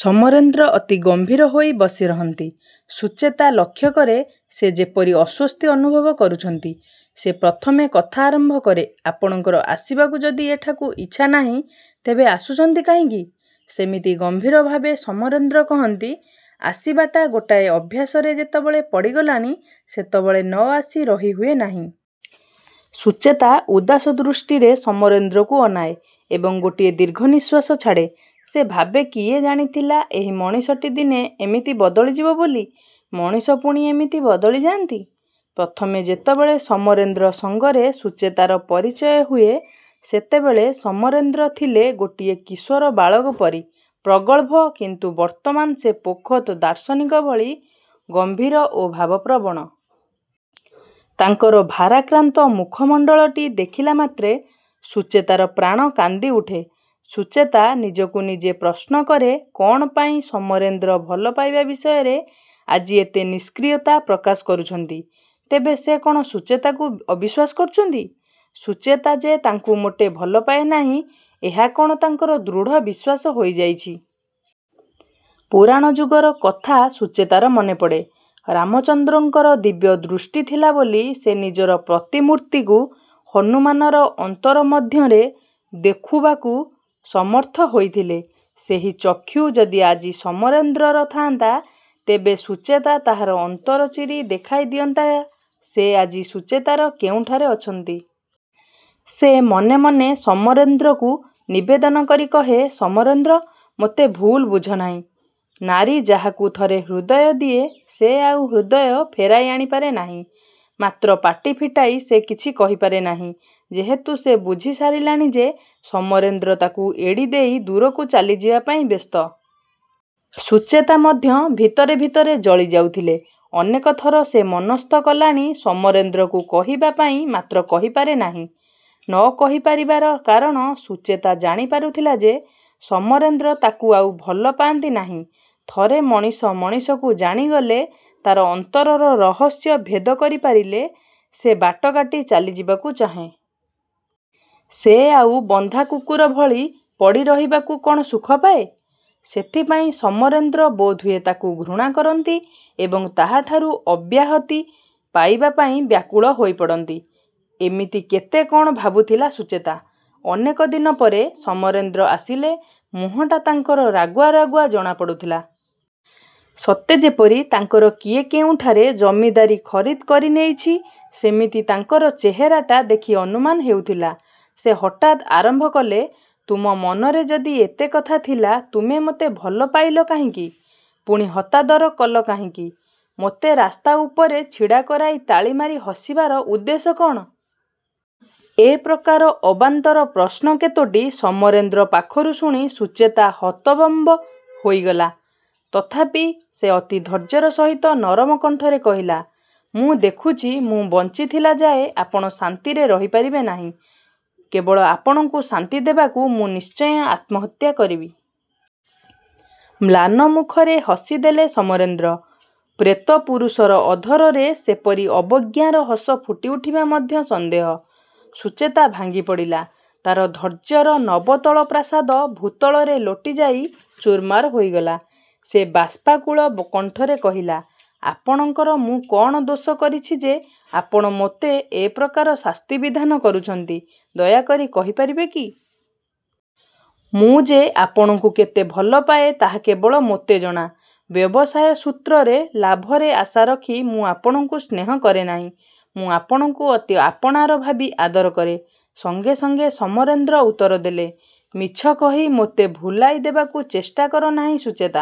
ସମରେନ୍ଦ୍ର ଅତି ଗମ୍ଭୀର ହୋଇ ବସିରହନ୍ତି। ସୁଚେତା ଲକ୍ଷ୍ୟ କରେ ସେ ଯେପରି ଅସ୍ୱସ୍ତି ଅନୁଭବ କରୁଛନ୍ତି। ସେ ପ୍ରଥମେ କଥା ଆରମ୍ଭ କରେ ''ଆପଣଙ୍କର ଆସିବାକୁ ଯଦି ଏଠାକୁ ଇଚ୍ଛା ନାହିଁ ତେବେ ଆସୁଛନ୍ତି କାହିଁକି? '' ସେମିତି ଗମ୍ଭୀର ଭାବେ ସମରେନ୍ଦ୍ର କହନ୍ତି ''ଆସିବାଟା ଗୋଟାଏ ଅଭ୍ୟାସରେ ଯେତେବେଳେ ପଡ଼ିଗଲାଣି ସେତେବେଳେ ନ ଆସି ରହି ହୁଏ ନାହିଁ। '' ସୁଚେତା ଉଦାସ ଦୃଷ୍ଟିରେ ସମରେନ୍ଦ୍ରକୁ ଅନାଏ; ଏବଂ ଗୋଟିଏ ଦୀର୍ଘ ନିଶ୍ୱାସ ଛାଡ଼େ। ସେ ଭାବେ କିଏ ଜାଣିଥିଲା ଏହି ମଣିଷଟି ଦିନେ ଏମିତି ବଦଳିଯିବ ବୋଲି। ମଣିଷ ପୁଣି ଏମିତି ବଦଳି ଯାଆନ୍ତି? ପ୍ରଥମେ ଯେତେବେଳେ ସମରେନ୍ଦ୍ର ସଙ୍ଗରେ ସୁଚେତାର ପରିଚୟ ହୁଏ ସେତେବେଳେ ସମରେନ୍ଦ୍ର ଥିଲେ ଗୋଟିଏ କିଶୋର ବାଳକ ପରି ପ୍ରଗଳ୍ଭ କିନ୍ତୁ ବର୍ତ୍ତମାନ ସେ ପୋଖତ୍ ଦାର୍ଶନିକ ଭଳି ଗମ୍ଭୀର ଓ ଭାବପ୍ରବଣ। ତାଙ୍କର ଭାରାକ୍ରାନ୍ତ ମୁଖମଣ୍ଡଳଟି ଦେଖିଲା ମାତ୍ରେ ସୁଚେତାର ପ୍ରାଣ କାନ୍ଦିଉଠେ। ସୁଚେତା ନିଜକୁ ନିଜେ ପ୍ରଶ୍ନ କରେ କ'ଣ ପାଇଁ ସମରେନ୍ଦ୍ର ଭଲ ପାଇବା ବିଷୟରେ ଆଜି ଏତେ ନିଷ୍କ୍ରିୟତା ପ୍ରକାଶ କରୁଛନ୍ତି? ତେବେ ସେ କ'ଣ ସୁଚେତାକୁ ଅବିଶ୍ୱାସ କରୁଛନ୍ତି? ସୁଚେତା ଯେ ତାଙ୍କୁ ମୋଟେ ଭଲପାଏ ନାହିଁ, ଏହା କ'ଣ ତାଙ୍କର ଦୃଢ଼ ବିଶ୍ୱାସ ହୋଇଯାଇଛି। ପୁରାଣ ଯୁଗର କଥା ସୁଚେତାର ମନେପଡ଼େ। ରାମଚନ୍ଦ୍ରଙ୍କର ଦିବ୍ୟ ଦୃଷ୍ଟି ଥିଲାବୋଲି ସେ ନିଜର ପ୍ରତିମୂର୍ତ୍ତିକୁ ହନୁମାନର ଅନ୍ତର ମଧ୍ୟରେ ଦେଖୁବାକୁ ସମର୍ଥ ହୋଇଥିଲେ। ସେହି ଚକ୍ଷୁ ଯଦି ଆଜି ସମରେନ୍ଦ୍ରର ଥାଆନ୍ତା ତେବେ ସୁଚେତା ତାହାର ଅନ୍ତର ଚିରି ଦେଖାଇ ଦିଅନ୍ତା ସେ ଆଜି ସୁଚେତାର କେଉଁଠାରେ ଅଛନ୍ତି। ସେ ମନେମନେ ସମରେନ୍ଦ୍ରକୁ ନିବେଦନ କରି କହେ ସମରେନ୍ଦ୍ର! ମୋତେ ଭୁଲ ବୁଝନାହିଁ। ନାରୀ ଯାହାକୁ ଥରେ ହୃଦୟ ଦିଏ ସେ ଆଉ ହୃଦୟ ଫେରାଇ ଆଣିପାରେ ନାହିଁ। ମାତ୍ର ପାଟି ଫିଟାଇ ସେ କିଛି କହିପାରେ ନାହିଁ, ଯେହେତୁ ସେ ବୁଝିସାରିଲାଣି ଯେ ସମରେନ୍ଦ୍ର ତାକୁ ଏଡ଼ିଦେଇ ଦୂରକୁ ଚାଲିଯିବା ପାଇଁ ବ୍ୟସ୍ତ। ସୁଚେତା ମଧ୍ୟ ଭିତରେ ଭିତରେ ଜଳି ଯାଉଥିଲେ। ଅନେକ ଥର ସେ ମନସ୍ଥ କଲାଣି ସମରେନ୍ଦ୍ରକୁ କହିବା ପାଇଁ ମାତ୍ର କହିପାରେ ନାହିଁ। ନ କହିପାରିବାର କାରଣ ସୁଚେତା ଜାଣି ପାରୁଥିଲା ଯେ ସମରେନ୍ଦ୍ର ତାକୁ ଆଉ ଭଲ ପାଆନ୍ତି ନାହିଁ। ଥରେ ମଣିଷ ମଣିଷକୁ ଜାଣିଗଲେ, ତା'ର ଅନ୍ତରର ରହସ୍ୟ ଭେଦ କରିପାରିଲେ ସେ ବାଟକାଟି ଚାଲିଯିବାକୁ ଚାହେଁ। ସେ ଆଉ ବନ୍ଧା କୁକୁର ଭଳି ପଡ଼ିରହିବାକୁ କ'ଣ ସୁଖପାଏ? ସେଥିପାଇଁ ସମରେନ୍ଦ୍ର ବୋଧହୁଏ ତାକୁ ଘୃଣା କରନ୍ତି ଏବଂ ତାହାଠାରୁ ଅବ୍ୟାହତି ପାଇବା ପାଇଁ ବ୍ୟାକୁଳ ହୋଇପଡ଼ନ୍ତି। ଏମିତି କେତେ କ'ଣ ଭାବୁଥିଲା ସୁଚେତା। ଅନେକ ଦିନପରେ ସମରେନ୍ଦ୍ର ଆସିଲେ। ମୁହଁଟା ତାଙ୍କର ରାଗୁଆ ରାଗୁଆ ଜଣାପଡ଼ୁଥିଲା। ସତେଯେପରି ତାଙ୍କର କିଏ କେଉଁଠାରେ ଜମିଦାରୀ ଖରିଦ୍ କରିନେଇଛି, ସେମିତି ତାଙ୍କର ଚେହେରାଟା ଦେଖି ଅନୁମାନ ହେଉଥିଲା। ସେ ହଠାତ୍ ଆରମ୍ଭ କଲେ ''ତୁମ ମନରେ ଯଦି ଏତେକଥା ଥିଲା ତୁମେ ମୋତେ ଭଲ ପାଇଲ କାହିଁକି? ପୁଣି ହତାଦର କଲ କାହିଁକି? ମୋତେ ରାସ୍ତା ଉପରେ ଛିଡ଼ା କରାଇ ତାଳିମାରି ହସିବାର ଉଦ୍ଦେଶ୍ୟ କ'ଣ? '' ଏ ପ୍ରକାର ଅବାନ୍ତର ପ୍ରଶ୍ନ କେତୋଟି ସମରେନ୍ଦ୍ର ପାଖରୁ ଶୁଣି ସୁଚେତା ହତବମ୍ୱ ହୋଇଗଲା। ତଥାପି ସେ ଅତି ଧୈର୍ଯ୍ୟର ସହିତ ନରମ କଣ୍ଠରେ କହିଲା ''ମୁଁ ଦେଖୁଛି ମୁଁ ବଞ୍ଚିଥିଲା ଯାଏ ଆପଣ ଶାନ୍ତିରେ ରହିପାରିବେ ନାହିଁ। କେବଳ ଆପଣଙ୍କୁ ଶାନ୍ତି ଦେବାକୁ ମୁଁ ନିଶ୍ଚୟ ଆତ୍ମହତ୍ୟା କରିବି। '' ମ୍ଳାନ ମୁଖରେ ହସିଦେଲେ ସମରେନ୍ଦ୍ର। ପ୍ରେତ ପୁରୁଷର ଅଧରରେ ସେପରି ଅବଜ୍ଞାର ହସ ଫୁଟିଉଠିବା ମଧ୍ୟ ସନ୍ଦେହ। ସୁଚେତା ଭାଙ୍ଗିପଡ଼ିଲା। ତା'ର ଧୈର୍ଯ୍ୟର ନବତଳ ପ୍ରାସାଦ ଭୂତଳରେ ଲୋଟିଯାଇ ଚୂରମାର ହୋଇଗଲା। ସେ ବାଷ୍ପାକୁଳ କଣ୍ଠରେ କହିଲା ''ଆପଣଙ୍କର ମୁଁ କ'ଣ ଦୋଷ କରିଛି ଯେ ଆପଣ ମୋତେ ଏ ପ୍ରକାର ଶାସ୍ତି ବିଧାନ କରୁଛନ୍ତି, ଦୟାକରି କହି ପାରିବେ କି? ମୁଁ ଯେ ଆପଣଙ୍କୁ କେତେ ଭଲପାଏ ତାହା କେବଳ ମୋତେ ଜଣା। ବ୍ୟବସାୟ ସୂତ୍ରରେ ଲାଭରେ ଆଶାରଖି ମୁଁ ଆପଣଙ୍କୁ ସ୍ନେହ କରେନାହିଁ, ମୁଁ ଆପଣଙ୍କୁ ଅତି ଆପଣାର ଭାବି ଆଦର କରେ। '' ସଙ୍ଗେ ସଙ୍ଗେ ସମରେନ୍ଦ୍ର ଉତ୍ତରଦେଲେ ''ମିଛ କହି ମୋତେ ଭୁଲାଇ ଦେବାକୁ ଚେଷ୍ଟା କରନାହିଁ ସୁଚେତା।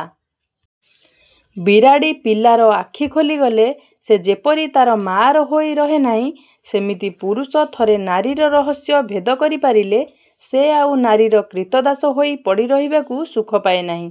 ବିରାଡ଼ି ପିଲାର ଆଖି ଖୋଲିଗଲେ ସେ ଯେପରି ତା'ର ମାଆର ହୋଇ ରହେନାହିଁ ସେମିତି ପୁରୁଷ ଥରେ ନାରୀର ରହସ୍ୟ ଭେଦ କରିପାରିଲେ ସେ ଆଉ ନାରୀର କ୍ରୀତଦାସ ହୋଇ ପଡ଼ିରହିବାକୁ ସୁଖ ପାଏ ନାହିଁ।